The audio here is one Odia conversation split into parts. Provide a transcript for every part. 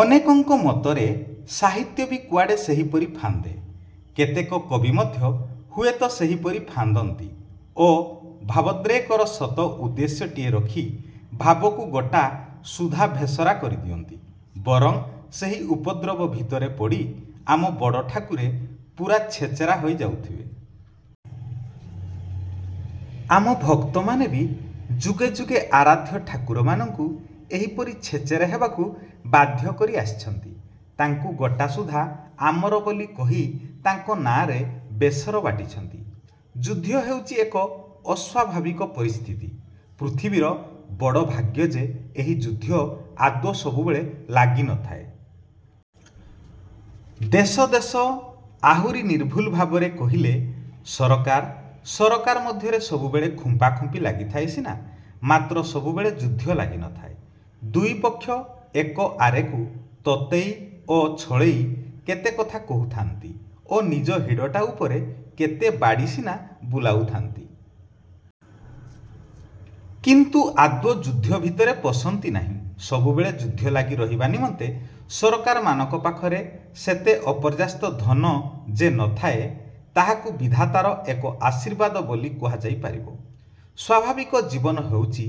ଅନେକଙ୍କ ମତରେ ସାହିତ୍ୟ ବି କୁଆଡ଼େ ସେହିପରି ଫାନ୍ଦେ। କେତେକ କବି ମଧ୍ୟ ହୁଏତ ସେହିପରି ଫାନ୍ଦନ୍ତି ଓ ଭାବୋଦ୍ରେକର ସତ ଉଦ୍ଦେଶ୍ୟଟିଏ ରଖି ଭାବକୁ ଗୋଟା ସୁଦ୍ଧା ଭେଷରା କରିଦିଅନ୍ତି। ଏବଂ, ସେହି ଉପଦ୍ରବ ଭିତରେ ପଡ଼ି ଆମ ବଡ଼ଠାକୁରେ ପୂରା ଛେଚେରା ହୋଇ ଯାଉଥବେ। ଆମ ଭକ୍ତମାନେ ବି ଯୁଗେ ଯୁଗେ ଆରାଧ୍ୟ ଠାକୁରମାନଙ୍କୁ ଏହିପରି ଛେଚେରା ହେବାକୁ ବାଧ୍ୟ କରି ଆସିଛନ୍ତି। ତାଙ୍କୁ ଗୋଟାସୁଦ୍ଧା ଆମର ବୋଲି କହି ତାଙ୍କ ନାଆଁରେ ବେସର ବାଟିଛନ୍ତି। ଯୁଦ୍ଧ ହେଉଛି ଏକ ଅସ୍ୱାଭାବିକ ପରିସ୍ଥିତି। ପୃଥିବୀର ବଡ଼ ଭାଗ୍ୟ ଯେ ଏହି ଯୁଦ୍ଧ ଆଦୌ ସବୁବେଳେ ଲାଗି ନଥାଏ। ଦେଶ ଦେଶ, ଆହୁରି ନିର୍ଭୁଲ ଭାବରେ କହିଲେ ସରକାର ସରକାର ମଧ୍ୟରେ ସବୁବେଳେ ଖୁମ୍ପାଖୁମ୍ପି ଲାଗିଥାଏ ସିନା, ମାତ୍ର ସବୁବେଳେ ଯୁଦ୍ଧ ଲାଗିନଥାଏ। ଦୁଇ ପକ୍ଷ ଏକ ଆରେକୁ ତତେଇ ଓ ଛଳେଇ କେତେକଥା କହୁଥାନ୍ତି ଓ ନିଜ ଡ଼ିହଟା ଉପରେ କେତେ ବାଡ଼ି ସିନା ବୁଲାଉଥାନ୍ତି। କିନ୍ତୁ ଆଦୌ ଯୁଦ୍ଧ ଭିତରେ ପଶନ୍ତି ନାହିଁ। ସବୁବେଳେ ଯୁଦ୍ଧ ଲାଗି ରହିବା ନିମନ୍ତେ ସରକାରମାନଙ୍କ ପାଖରେ ସେତେ ଅପର୍ଯ୍ୟାପ୍ତ ଧନ ଯେ ନଥାଏ, ତାହାକୁ ବିଧାତାର ଏକ ଆଶୀର୍ବାଦ ବୋଲି କୁହାଯାଇ ପାରିବ। ସ୍ଵାଭାବିକ ଜୀବନ ହେଉଛି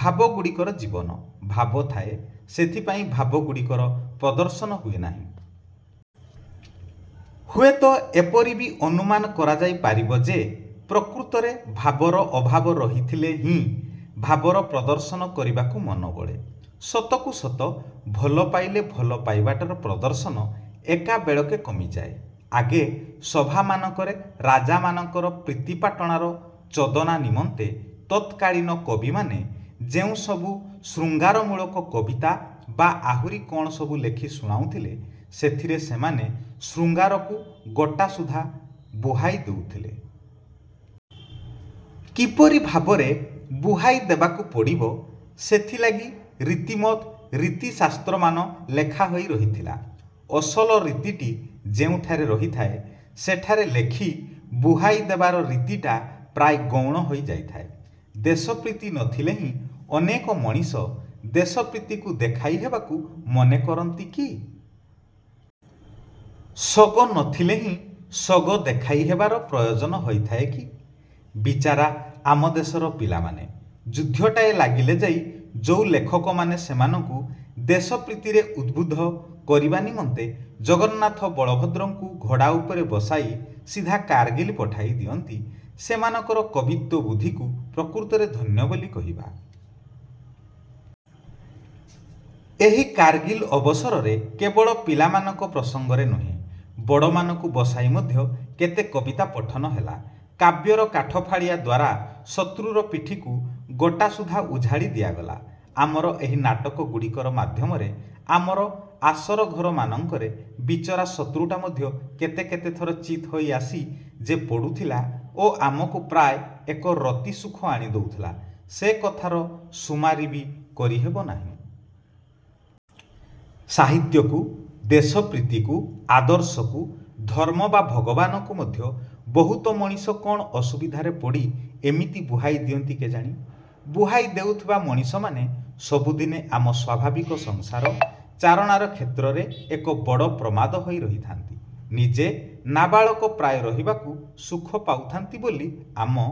ଭାବଗୁଡ଼ିକର ଜୀବନ। ଭାବ ଥାଏ। ସେଥିପାଇଁ ଭାବଗୁଡ଼ିକର ପ୍ରଦର୍ଶନ ହୁଏ ନାହିଁ। ହୁଏତ ଏପରି ବି ଅନୁମାନ କରାଯାଇ ପାରିବ ଯେ, ପ୍ରକୃତରେ ଭାବର ଅଭାବ ରହିଥିଲେ ହିଁ ଭାବର ପ୍ରଦର୍ଶନ କରିବାକୁ ମନବଳେ। ସତକୁ ସତ ଭଲ ପାଇଲେ ଭଲ ପାଇବାଟାର ପ୍ରଦର୍ଶନ ଏକାବେଳେକେ କମିଯାଏ। ଆଗେ ସଭାମାନଙ୍କରେ ରାଜାମାନଙ୍କର ପ୍ରୀତିପାଟଣାର ଚୋଦନା ନିମନ୍ତେ ତତ୍କାଳୀନ କବିମାନେ ଯେଉଁସବୁ ଶୃଙ୍ଗାରମୂଳକ କବିତା ବା ଆହୁରି କ'ଣ ସବୁ ଲେଖି ଶୁଣାଉଥିଲେ, ସେଥିରେ ସେମାନେ ଶୃଙ୍ଗାରକୁ ଗୋଟାସୁଦ୍ଧା ବୁହାଇ ଦେଉଥିଲେ। କିପରି ଭାବରେ ବୁହାଇ ଦେବାକୁ ପଡ଼ିବ, ସେଥିଲାଗି ରୀତିମତ ରୀତିଶାସ୍ତ୍ରମାନ ଲେଖାହୋଇ ରହିଥିଲା। ଅସଲ ରୀତିଟି ଯେଉଁଠାରେ ରହିଥାଏ, ସେଠାରେ ଲେଖି ବୁହାଇ ଦେବାର ରୀତିଟା ପ୍ରାୟ ଗୌଣ ହୋଇ ଯାଇଥାଏ। ଦେଶପ୍ରୀତି ନଥିଲେ ହିଁ ଅନେକ ମଣିଷ ଦେଶପ୍ରୀତିକୁ ଦେଖାଇ ହେବାକୁ ମନ କରନ୍ତି କି? ସୋଗ ନଥିଲେ ହିଁ ସୋଗ ଦେଖାଇ ହେବାର ପ୍ରୟୋଜନ ହୋଇଥାଏ କି? ବିଚାରା ଆମ ଦେଶର ପିଲାମାନେ! ଯୁଦ୍ଧଟାଏ ଲାଗିଲେ ଯାଇ ଯୋଉ ଲେଖକମାନେ ସେମାନଙ୍କୁ ଦେଶପ୍ରୀତିରେ ଉଦ୍ବୁଦ୍ଧ କରିବା ନିମନ୍ତେ ଜଗନ୍ନାଥ ବଳଭଦ୍ରଙ୍କୁ ଘୋଡ଼ା ଉପରେ ବସାଇ ସିଧା କାରଗିଲ୍ ପଠାଇ ଦିଅନ୍ତି, ସେମାନଙ୍କର କବିତ୍ୱବୁଦ୍ଧିକୁ ପ୍ରକୃତରେ ଧନ୍ୟ ବୋଲି କହିବା। ଏହି କାରଗିଲ ଅବସରରେ କେବଳ ପିଲାମାନଙ୍କ ପ୍ରସଙ୍ଗରେ ନୁହେଁ,। ବଡ଼ମାନଙ୍କୁ ବସାଇ ମଧ୍ୟ କେତେ କବିତା ପଠନ ହେଲା। କାବ୍ୟର କାଠଫାଳିଆ ଦ୍ଵାରା ଶତ୍ରୁର ପିଠିକୁ ଗୋଟାସୁଦ୍ଧା ଉଝାଳି ଦିଆଗଲା। ଆମର ଏହି ନାଟକଗୁଡ଼ିକର ମାଧ୍ୟମରେ ଆମର ଆସରଘରମାନଙ୍କରେ ବିଚରା ଶତ୍ରୁଟା ମଧ୍ୟ କେତେ କେତେ ଥର ଚିତ୍ ହୋଇଆସି ଯେ ପଡ଼ୁଥିଲା ଓ ଆମକୁ ପ୍ରାୟ ଏକ ରତିସୁଖ ଆଣି ଦେଉଥିଲା, ସେ କଥାର ସୁମାରି ବି କରିହେବ ନାହିଁ। ସାହିତ୍ୟକୁ, ଦେଶପ୍ରୀତିକୁ, ଆଦର୍ଶକୁ, ଧର୍ମ ବା ଭଗବାନଙ୍କୁ ମଧ୍ୟ ବହୁତ ମଣିଷ କ'ଣ ଅସୁବିଧାରେ ପଡ଼ି ଏମିତି ବୁହାଇ ଦିଅନ୍ତି କେଜାଣି-? ବୁହାଇ ଦେଉଥିବା ମଣିଷମାନେ ସବୁଦିନେ ଆମ ସ୍ୱାଭାବିକ ସଂସାର-ଚାରଣାର କ୍ଷେତ୍ରରେ ଏକ ବଡ଼ ପ୍ରମାଦ ହୋଇ ରହିଥାନ୍ତି। ନିଜେ ନାବାଳକ ପ୍ରାୟ ରହିବାକୁ ସୁଖ ପାଉଥାନ୍ତି ବୋଲି ଆମ